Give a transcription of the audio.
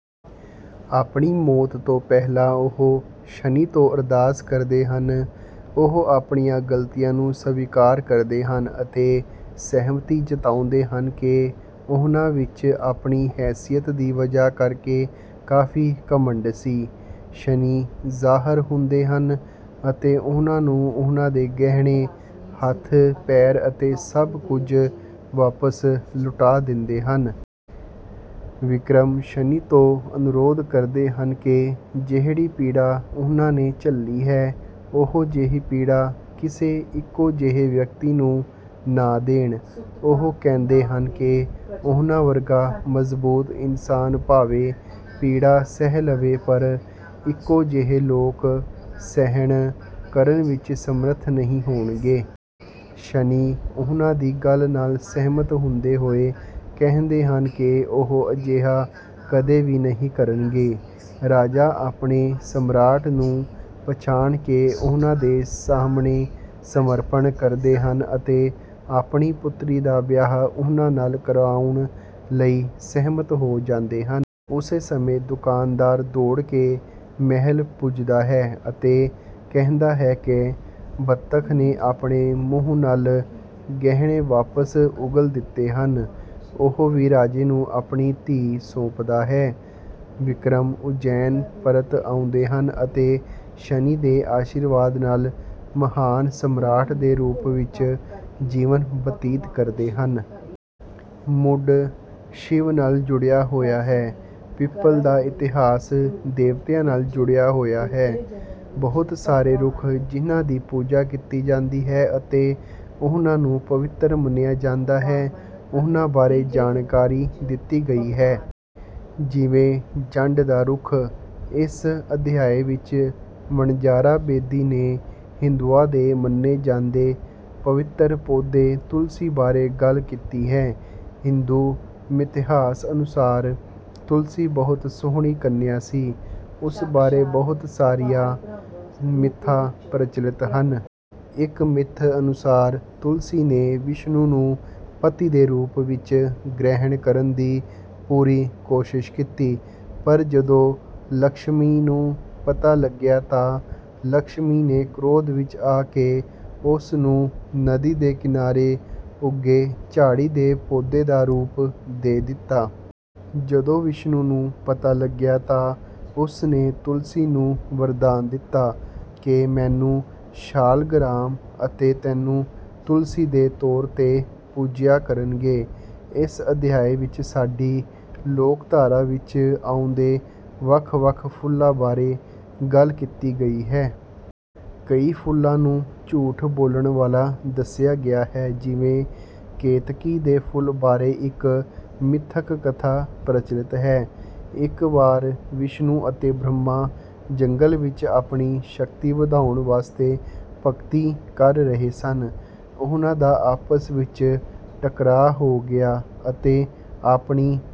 ਆਪਣੀ ਮੌਤ ਤੋਂ ਪਹਿਲਾਂ ਉਹ ਸ਼ਨੀ ਤੋਂ ਅਰਦਾਸ ਕਰਦੇ ਹਨ। ਉਹ ਆਪਣੀਆਂ ਗਲਤੀਆਂ ਨੂੰ ਸਵੀਕਾਰ ਕਰਦੇ ਹਨ ਅਤੇ ਸਹਿਮਤੀ ਜਤਾਉਂਦੇ ਹਨ ਕਿ ਉਨ੍ਹਾਂ ਵਿੱਚ ਆਪਣੀ ਹੈਸੀਅਤ ਦੀ ਵਜ੍ਹਾ ਕਰਕੇ ਕਾਫ਼ੀ ਘਮੰਡ ਸੀ। ਸ਼ਨੀ ਜ਼ਾਹਰ ਹੁੰਦੇ ਹਨ ਅਤੇ ਉਨ੍ਹਾਂ ਨੂੰ ਉਨ੍ਹਾਂ ਦੇ ਗਹਿਣੇ, ਹੱਥ, ਪੈਰ ਅਤੇ ਸਭ ਕੁਝ ਵਾਪਸ ਲੌਟਾ ਦਿੰਦੇ ਹਨ। ਵਿਕਰਮ ਸ਼ਨੀ ਤੋਂ ਅਨੁਰੋਧ ਕਰਦੇ ਹਨ ਕਿ ਜਿਹੜੀ ਪੀੜਾ ਉਨ੍ਹਾਂ ਨੇ ਝੱਲੀ ਹੈ, ਉਹੋ ਜਿਹੀ ਪੀੜਾ ਕਿਸੇ ਇੱਕੋ ਜਿਹੇ ਵਿਅਕਤੀ ਨੂੰ ਨਾ ਦੇਣ। ਉਹ ਕਹਿੰਦੇ ਹਨ ਕਿ ਉਨ੍ਹਾਂ ਵਰਗਾ ਮਜ਼ਬੂਤ ਇਨਸਾਨ ਭਾਵੇਂ ਪੀੜਾ ਸਹਿ ਲਵੇ, ਪਰ ਇੱਕੋ ਜਿਹੇ ਲੋਕ ਸਹਿਣ ਕਰਨ ਵਿੱਚ ਸਮਰੱਥ ਨਹੀਂ ਹੋਣਗੇ। ਸ਼ਨੀ ਉਨ੍ਹਾਂ ਦੀ ਗੱਲ ਨਾਲ ਸਹਿਮਤ ਹੁੰਦੇ ਹੋਏ ਕਹਿੰਦੇ ਹਨ ਕਿ ਉਹ ਅਜਿਹਾ ਕਦੇ ਵੀ ਨਹੀਂ ਕਰਨਗੇ। ਰਾਜਾ ਆਪਣੇ ਸਮਰਾਟ ਨੂੰ ਪਛਾਣ ਕੇ ਉਨ੍ਹਾਂ ਦੇ ਸਾਹਮਣੇ ਸਮਰਪਣ ਕਰਦੇ ਹਨ ਅਤੇ ਆਪਣੀ ਪੁਤਰੀ ਦਾ ਵਿਆਹ ਉਨ੍ਹਾਂ ਨਾਲ ਕਰਾਉਣ ਲਈ ਸਹਿਮਤ ਹੋ ਜਾਂਦੇ ਹਨ। ਉਸੇ ਸਮੇਂ, ਦੁਕਾਨਦਾਰ ਦੌੜ ਕੇ ਮਹਿਲ ਪੁੱਜਦਾ ਹੈ ਅਤੇ ਕਹਿੰਦਾ ਹੈ ਕਿ ਬੱਤਖ਼ ਨੇ ਆਪਣੇ ਮੂੰਹ ਨਾਲ ਗਹਿਣੇ ਵਾਪਸ ਉਗਲ ਦਿੱਤੇ ਹਨ। ਉਹ ਵੀ ਰਾਜੇ ਨੂੰ ਆਪਣੀ ਧੀ ਸੌਂਪਦਾ ਹੈ। ਵਿਕਰਮ ਉੱਜੈਨ ਪਰਤ ਆਉਂਦੇ ਹਨ ਅਤੇ ਸ਼ਨੀ ਦੇ ਆਸ਼ੀਰਵਾਦ ਨਾਲ ਮਹਾਨ ਸਮਰਾਟ ਦੇ ਰੂਪ ਵਿੱਚ ਜੀਵਨ ਬਤੀਤ ਕਰਦੇ ਹਨ। ਮੁਢ ਸ਼ਿਵ ਨਾਲ ਜੁੜਿਆ ਹੋਇਆ ਹੈ। ਪਿੱਪਲ ਦਾ ਇਤਿਹਾਸ ਦੇਵਤਿਆਂ ਨਾਲ ਜੁੜਿਆ ਹੋਇਆ ਹੈ। ਬਹੁਤ ਸਾਰੇ ਰੁੱਖ ਜਿਨ੍ਹਾਂ ਦੀ ਪੂਜਾ ਕੀਤੀ ਜਾਂਦੀ ਹੈ ਅਤੇ ਉਨ੍ਹਾਂ ਨੂੰ ਪਵਿੱਤਰ ਮੰਨਿਆ ਜਾਂਦਾ ਹੈ, ਉਨ੍ਹਾਂ ਬਾਰੇ ਜਾਣਕਾਰੀ ਦਿੱਤੀ ਗਈ ਹੈ। ਜਿਵੇਂ ਜੰਡ ਦਾ ਰੁੱਖ। ਇਸ ਅਧਿਆਇ ਵਿੱਚ ਵਣਜਾਰਾ ਬੇਦੀ ਨੇ ਹਿੰਦੂਆਂ ਦੇ ਮੰਨੇ ਜਾਂਦੇ ਪਵਿੱਤਰ ਪੌਦੇ ਤੁਲਸੀ ਬਾਰੇ ਗੱਲ ਕੀਤੀ ਹੈ। ਹਿੰਦੂ ਮਿਥਿਹਾਸ ਅਨੁਸਾਰ ਤੁਲਸੀ ਬਹੁਤ ਸੋਹਣੀ ਕੰਨਿਆ ਸੀ। ਉਸ ਬਾਰੇ ਬਹੁਤ ਸਾਰੀਆਂ ਮਿੱਥਾਂ ਪ੍ਰਚਲਿਤ ਹਨ। ਇੱਕ ਮਿੱਥ ਅਨੁਸਾਰ ਤੁਲਸੀ ਨੇ ਵਿਸ਼ਨੂੰ ਨੂੰ ਪਤੀ ਦੇ ਰੂਪ ਵਿੱਚ ਗ੍ਰਹਿਣ ਕਰਨ ਦੀ ਪੂਰੀ ਕੋਸ਼ਿਸ਼ ਕੀਤੀ, ਪਰ ਜਦੋਂ ਲਕਸ਼ਮੀ ਨੂੰ ਪਤਾ ਲੱਗਿਆ ਤਾਂ ਲਕਸ਼ਮੀ ਨੇ ਕ੍ਰੋਧ ਵਿੱਚ ਆ ਕੇ ਉਸ ਨੂੰ ਨਦੀ ਦੇ ਕਿਨਾਰੇ ਉੱਗੇ ਝਾੜੀ ਦੇ ਪੌਦੇ ਦਾ ਰੂਪ ਦੇ ਦਿੱਤਾ। ਜਦੋਂ ਵਿਸ਼ਨੂੰ ਨੂੰ ਪਤਾ ਲੱਗਿਆ ਤਾਂ ਉਸ ਨੇ ਤੁਲਸੀ ਨੂੰ ਵਰਦਾਨ ਦਿੱਤਾ ਕਿ ਮੈਨੂੰ ਸ਼ਾਲਗਰਾਮ ਅਤੇ ਤੈਨੂੰ ਤੁਲਸੀ ਦੇ ਤੌਰ 'ਤੇ ਪੂਜਿਆ ਕਰਨਗੇ। ਇਸ ਅਧਿਆਇ ਵਿੱਚ ਸਾਡੀ ਲੋਕਧਾਰਾ ਵਿੱਚ ਆਉਂਦੇ ਵੱਖ-ਵੱਖ ਫੁੱਲਾਂ ਬਾਰੇ ਗੱਲ ਕੀਤੀ ਗਈ ਹੈ। ਕਈ ਫੁੱਲਾਂ ਨੂੰ ਝੂਠ ਬੋਲਣ ਵਾਲਾ ਦੱਸਿਆ ਗਿਆ ਹੈ। ਜਿਵੇਂ ਕੇਤਕੀ ਦੇ ਫੁੱਲ ਬਾਰੇ ਇੱਕ ਮਿਥਕ ਕਥਾ ਪ੍ਰਚਲਿਤ ਹੈ। ਇੱਕ ਵਾਰ ਵਿਸ਼ਨੂੰ ਅਤੇ ਬ੍ਰਹਮਾ ਜੰਗਲ ਵਿੱਚ ਆਪਣੀ ਸ਼ਕਤੀ ਵਧਾਉਣ ਵਾਸਤੇ ਭਗਤੀ ਕਰ ਰਹੇ ਸਨ। ਉਨ੍ਹਾਂ ਦਾ ਆਪਸ ਵਿੱਚ ਟਕਰਾਅ ਹੋ ਗਿਆ ਅਤੇ ਆਪਣੀ